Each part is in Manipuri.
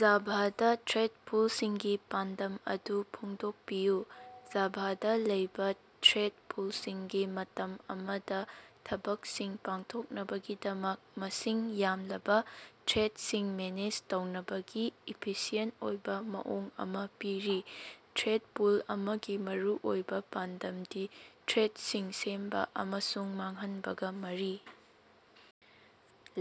ꯖꯥꯚꯥꯗ ꯊ꯭ꯔꯦꯠꯄꯨꯜꯁꯤꯡꯒꯤ ꯄꯥꯟꯗꯝ ꯑꯗꯨ ꯐꯣꯡꯗꯣꯛꯄꯤꯌꯨ꯫ ꯖꯥꯚꯥꯗꯥ ꯂꯩꯕꯥ ꯊ꯭ꯔꯦꯠ ꯄꯨꯜꯁꯤꯡꯅꯥ ꯃꯇꯝ ꯑꯃꯗꯥ ꯊꯕꯛꯁꯤꯡ ꯄꯥꯡꯊꯣꯛꯅꯕꯒꯤꯗꯃꯛ ꯃꯁꯤꯡ ꯌꯥꯝꯂꯕꯥ ꯊ꯭ꯔꯦꯠꯁꯤꯡ ꯃꯦꯅꯦꯖ ꯇꯧꯅꯕꯒꯤ ꯏꯐꯤꯁꯤꯑꯦꯟꯇ ꯑꯣꯏꯕꯥ ꯃꯑꯣꯡ ꯑꯃꯥ ꯄꯤꯔꯤ꯫ ꯊ꯭ꯔꯦꯠ ꯄꯨꯜ ꯑꯃꯒꯤ ꯃꯔꯨꯑꯣꯏꯕꯥ ꯄꯥꯟꯗꯝꯗꯤ ꯊ꯭ꯔꯦꯠꯁꯤꯡ ꯁꯦꯝꯕꯥ ꯑꯃꯁꯨꯡ ꯃꯥꯡꯍꯟꯕꯒꯥ ꯃꯔꯤ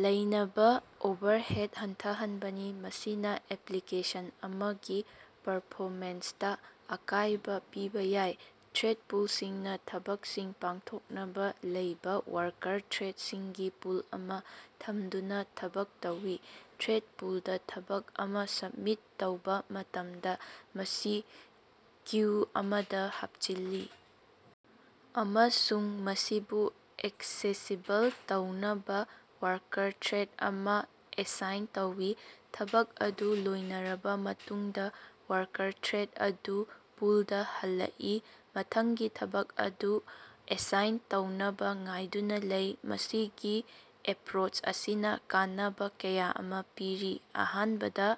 ꯂꯩꯅꯕꯥ ꯑꯣꯚꯔꯍꯦꯗ ꯍꯟꯊꯍꯟꯕꯅꯤ, ꯃꯁꯤꯅꯥ ꯑꯦꯄ꯭ꯂꯤꯀꯦꯁꯟ ꯑꯃꯒꯤ ꯄꯔꯐꯣꯃꯦꯟꯁꯇꯥ ꯑꯀꯥꯏꯕꯥ ꯄꯤꯕꯥ ꯌꯥꯏ꯫ ꯊ꯭ꯔꯦꯠ ꯄꯨꯜꯁꯤꯡꯅꯥ ꯊꯕꯛꯁꯤꯡ ꯄꯥꯡꯊꯣꯛꯅꯕꯥ ꯂꯩꯕꯥ ꯋꯥꯔꯀꯔ ꯊ꯭ꯔꯦꯗꯁꯤꯡꯒꯤ ꯄꯨꯜ ꯑꯃꯥ ꯊꯝꯗꯨꯅꯥ ꯊꯕꯛ ꯇꯧꯏ꯫ ꯊ꯭ꯔꯦꯠ ꯄꯨꯜꯗꯥ ꯊꯕꯛ ꯑꯃꯥ ꯁꯕꯃꯤꯠ ꯇꯧꯕꯥ ꯃꯇꯝꯗꯥ, ꯃꯁꯤ ꯀ꯭ꯌꯨ ꯑꯃꯗꯥ ꯍꯥꯞꯆꯤꯜꯂꯤ ꯑꯃꯁꯨꯡ ꯃꯁꯤꯕꯨ ꯑꯦꯛꯁꯦꯁꯤꯕꯜ ꯇꯧꯅꯕꯥ ꯋꯥꯔꯀꯔ ꯊ꯭ꯔꯦꯠ ꯑꯃꯥ ꯑꯦꯁꯥꯏꯟ ꯇꯧꯏ꯫ ꯊꯕꯛ ꯑꯗꯨ ꯂꯣꯏꯔꯕꯥ ꯃꯇꯨꯡꯗꯥ, ꯋꯥꯔꯀꯔ ꯊ꯭ꯔꯦꯠ ꯑꯗꯨ ꯄꯨꯜꯗꯥ ꯍꯜꯂꯛꯏ, ꯃꯊꯪꯒꯤ ꯊꯕꯛ ꯑꯗꯨ ꯑꯦꯁꯥꯏꯟ ꯇꯧꯅꯕꯥ ꯉꯥꯏꯗꯨꯅꯥ ꯂꯩ꯫ ꯃꯁꯤꯒꯤ ꯑꯦꯄ꯭ꯔꯣꯆ ꯑꯁꯤꯅꯥ ꯀꯥꯟꯅꯕꯥ ꯀꯌꯥ ꯑꯃꯥ ꯄꯤꯔꯤ꯫ ꯑꯍꯥꯟꯕꯗꯥ,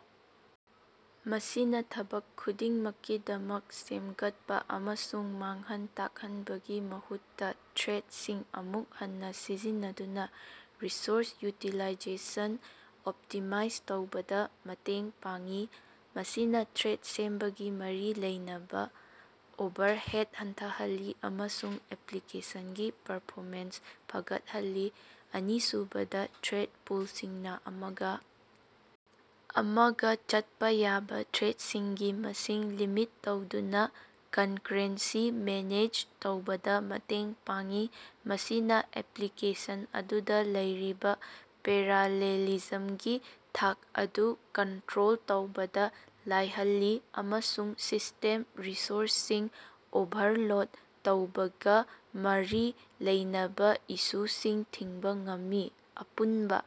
ꯃꯁꯤꯅꯥ ꯊꯕꯛ ꯈꯨꯗꯤꯡꯃꯛꯀꯤꯗꯃꯛ ꯁꯦꯝꯒꯠꯄꯥ ꯑꯃꯁꯨꯡ ꯃꯥꯡꯍꯟ ꯇꯥꯛꯍꯟꯕꯒꯤ ꯃꯍꯨꯠꯇꯥ, ꯊ꯭ꯔꯦꯠꯁꯤꯡ ꯑꯃꯨꯛ ꯍꯟꯅꯥ ꯁꯤꯖꯤꯟꯅꯗꯨꯅꯥ ꯔꯤꯁꯣꯔꯁ ꯌꯨꯇꯤꯂꯥꯏꯖꯦꯁꯟ ꯑꯣꯞꯇꯤꯃꯥꯏꯖ ꯇꯧꯕꯗꯥ ꯃꯇꯦꯡ ꯄꯥꯡꯏ꯫ ꯃꯁꯤꯅꯥ ꯊ꯭ꯔꯦꯠ ꯁꯦꯝꯕꯒꯥ ꯃꯔꯤ ꯂꯩꯅꯕꯥ ꯑꯣꯚꯔꯍꯦꯠ ꯍꯟꯊꯍꯜꯂꯤ ꯑꯃꯁꯨꯡ ꯑꯦꯄ꯭ꯂꯤꯀꯦꯁꯟꯒꯤ ꯄꯔꯐꯣꯃꯦꯟꯁ ꯐꯒꯠꯍꯜꯂꯤ꯫ ꯑꯅꯤꯁꯨꯕꯗꯥ, ꯊ꯭ꯔꯦꯠ ꯄꯨꯜꯁꯤꯡꯅꯥ ꯑꯃꯒꯥ ꯑꯃꯒꯥ ꯆꯠꯄꯥ ꯌꯥꯕꯥ ꯊ꯭ꯔꯦꯠꯁꯤꯡꯒꯤ ꯃꯁꯤꯡ ꯂꯤꯃꯤꯠ ꯇꯧꯗꯨꯅꯥ ꯀꯟꯀꯔꯦꯟꯁꯤ ꯃꯦꯅꯦꯖ ꯇꯧꯕꯗꯥ ꯃꯇꯦꯡ ꯄꯥꯡꯏ꯫ ꯃꯁꯤꯅꯥ ꯑꯦꯄ꯭ꯂꯤꯀꯦꯁꯟ ꯑꯗꯨꯗꯥ ꯂꯩꯔꯤꯕꯥ ꯄꯦꯔꯥꯂꯦꯂꯤꯖꯝꯒꯤ ꯊꯥꯛ ꯑꯗꯨ ꯀꯟꯇ꯭ꯔꯣꯜ ꯇꯧꯕꯗꯥ ꯂꯥꯏꯍꯜꯂꯤ ꯑꯃꯁꯨꯡ ꯁꯤꯁꯇꯦꯝ ꯔꯤꯁꯣꯔꯁꯁꯤꯡ ꯑꯣꯚꯔꯂꯣꯗ ꯇꯧꯕꯒꯥ ꯃꯔꯤ ꯂꯩꯅꯕꯥ ꯏꯁꯨꯁꯤꯡ ꯊꯤꯡꯕꯥ ꯉꯝꯃꯤ꯫ ꯑꯄꯨꯟꯕꯥ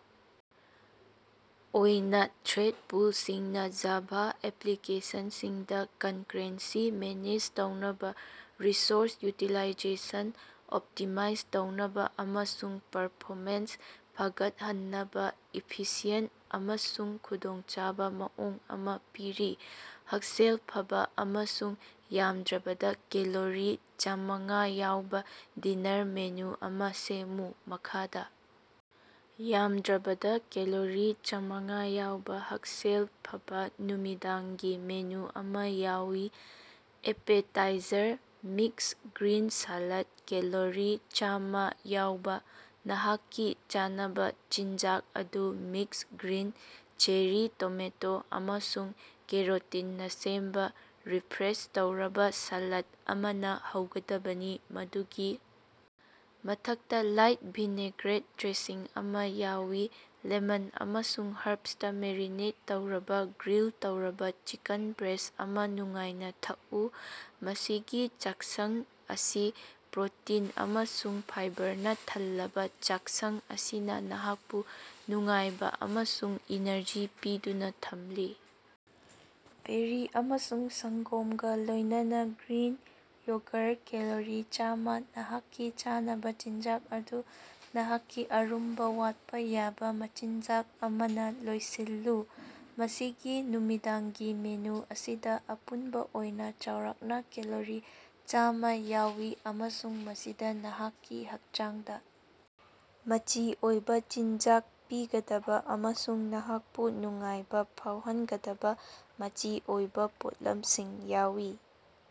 ꯑꯣꯏꯅꯥ, ꯊ꯭ꯔꯦꯠ ꯄꯨꯜꯁꯤꯡꯅꯥ ꯖꯥꯚꯥ ꯑꯦꯄ꯭ꯂꯤꯀꯦꯁꯟꯁꯤꯡꯗꯥ ꯀꯟꯀꯔꯦꯟꯁꯤ ꯃꯦꯅꯦꯖ ꯇꯧꯅꯕꯥ, ꯔꯤꯁꯣꯔꯁ ꯌꯨꯇꯤꯂꯥꯏꯖꯦꯁꯟ ꯑꯣꯞꯇꯤꯃꯥꯏꯖ ꯇꯧꯅꯕꯥ ꯑꯃꯁꯨꯡ ꯄꯔꯐꯣꯃꯦꯟꯁ ꯐꯒꯠꯍꯟꯅꯕꯥ ꯏꯐꯤꯁꯤꯑꯦꯟꯇ ꯑꯃꯁꯨꯡ ꯈꯨꯗꯣꯡꯆꯥꯕꯥ ꯃꯑꯣꯡ ꯑꯃꯥ ꯄꯤꯔꯤ꯫ ꯍꯛꯁꯦꯜ ꯐꯕꯥ ꯑꯃꯁꯨꯡ ꯌꯥꯝꯗ꯭ꯔꯕꯗꯥ ꯀꯦꯂꯣꯔꯤ ꯆꯥꯝꯃꯉꯥ ꯌꯥꯎꯕꯥ ꯗꯤꯅꯥꯔ ꯃꯦꯅꯨ ꯑꯃꯥ ꯁꯦꯝꯃꯨ꯫ ꯃꯈꯥꯗꯥ ꯌꯥꯝꯗ꯭ꯔꯕꯗꯥ ꯀꯦꯂꯣꯔꯤ ꯆꯥꯝꯃꯉꯥ ꯌꯥꯎꯕꯥ ꯍꯛꯁꯦꯜ ꯐꯕꯥ ꯅꯨꯃꯤꯗꯥꯡꯒꯤ ꯃꯦꯅꯨ ꯑꯃꯥ ꯌꯥꯎꯏ꯫ Appetizer: mix green salad calorie ꯆꯥꯝꯃꯥ ꯌꯥꯎꯕꯥ, ꯅꯍꯥꯛꯀꯤ ꯆꯥꯅꯕꯥ ꯆꯤꯟꯖꯥꯛ ꯑꯗꯨ ꯃꯤꯛꯁ ꯒ꯭ꯔꯤꯟ, ꯆꯦꯔꯤ ꯇꯣꯃꯦꯇꯣ ꯑꯃꯁꯨꯡ ꯀꯦꯔꯣꯇꯤꯟꯅꯥ ꯁꯦꯝꯕꯥ ꯔꯤꯐ꯭ꯔꯦꯁ ꯇꯧꯔꯕꯥ ꯁꯥꯂꯥꯠ ꯑꯃꯅꯥ ꯍꯧꯒꯗꯕꯅꯤ, ꯃꯗꯨꯒꯤ ꯃꯊꯛꯇꯥ ꯂꯥꯏꯠ ꯚꯤꯅꯦꯒ꯭ꯔꯦꯠ ꯗ꯭ꯔꯦꯁꯤꯡ ꯑꯃꯥ ꯌꯥꯎꯏ꯫ ꯂꯦꯃꯟ ꯑꯃꯁꯨꯡ ꯍꯔꯕꯁꯇꯥ ꯃꯦꯔꯤꯅꯦꯠ ꯇꯧꯔꯕꯥ ꯒ꯭ꯔꯤꯜ ꯇꯧꯔꯕꯥ ꯆꯤꯀꯟ ꯕ꯭ꯔꯦꯁ ꯑꯃꯥ ꯅꯨꯡꯉꯥꯏꯅꯥ ꯊꯛꯎ꯫ ꯃꯁꯤꯒꯤ ꯆꯥꯛꯁꯪ ꯑꯁꯤ ꯄ꯭ꯔꯣꯇꯤꯟ ꯑꯃꯁꯨꯡ ꯐꯥꯏꯕꯔꯅꯥ ꯊꯜꯂꯕꯥ ꯆꯥꯛꯁꯪ ꯑꯁꯤꯅꯥ ꯅꯍꯥꯛꯄꯨ ꯅꯨꯡꯉꯥꯏꯕꯥ ꯑꯃꯁꯨꯡ ꯏꯅꯔꯖꯤ ꯄꯤꯗꯨꯅꯥ ꯊꯝꯂꯤ꯫ ꯕꯦꯔꯤ ꯑꯃꯁꯨꯡ ꯁꯪꯒꯣꯝꯒꯥ ꯂꯣꯏꯅꯅꯥ ꯒ꯭ꯔꯤꯟ ꯌꯣꯒꯔ ꯀꯦꯂꯣꯔꯤ ꯆꯥꯝꯃꯥ ꯅꯍꯥꯛꯀꯤ ꯆꯥꯅꯕꯥ ꯆꯤꯟꯖꯥꯛ ꯑꯗꯨ ꯅꯍꯥꯛꯀꯤ ꯑꯔꯨꯝꯕꯥ ꯋꯥꯠꯄꯥ ꯌꯥꯕꯥ ꯃꯆꯤꯟꯖꯥꯛ ꯑꯃꯅꯥ ꯂꯣꯏꯁꯤꯜꯂꯨ꯫ ꯃꯁꯤꯒꯤ ꯅꯨꯃꯤꯗꯥꯡꯒꯤ ꯃꯦꯅꯨ ꯑꯁꯤꯗꯥ ꯑꯄꯨꯟꯕꯥ ꯑꯣꯏꯅꯥ ꯆꯥꯎꯔꯥꯛꯅꯥ ꯀꯦꯂꯣꯔꯤ ꯆꯥꯝꯃꯥ ꯌꯥꯎꯏ ꯑꯃꯁꯨꯡ ꯃꯁꯤꯗꯥ ꯅꯍꯥꯛꯀꯤ ꯍꯛꯆꯥꯡꯗꯥ ꯃꯆꯤ ꯑꯣꯏꯕꯥ ꯆꯤꯟꯖꯥꯛ ꯄꯤꯒꯗꯕꯥ ꯑꯃꯁꯨꯡ ꯅꯍꯥꯛꯄꯨ ꯅꯨꯡꯉꯥꯏꯕꯥ ꯐꯥꯎꯍꯟꯒꯗꯕꯥ ꯃꯆꯤ ꯑꯣꯏꯕꯥ ꯄꯣꯠꯂꯝꯁꯤꯡ ꯌꯥꯎꯏ꯫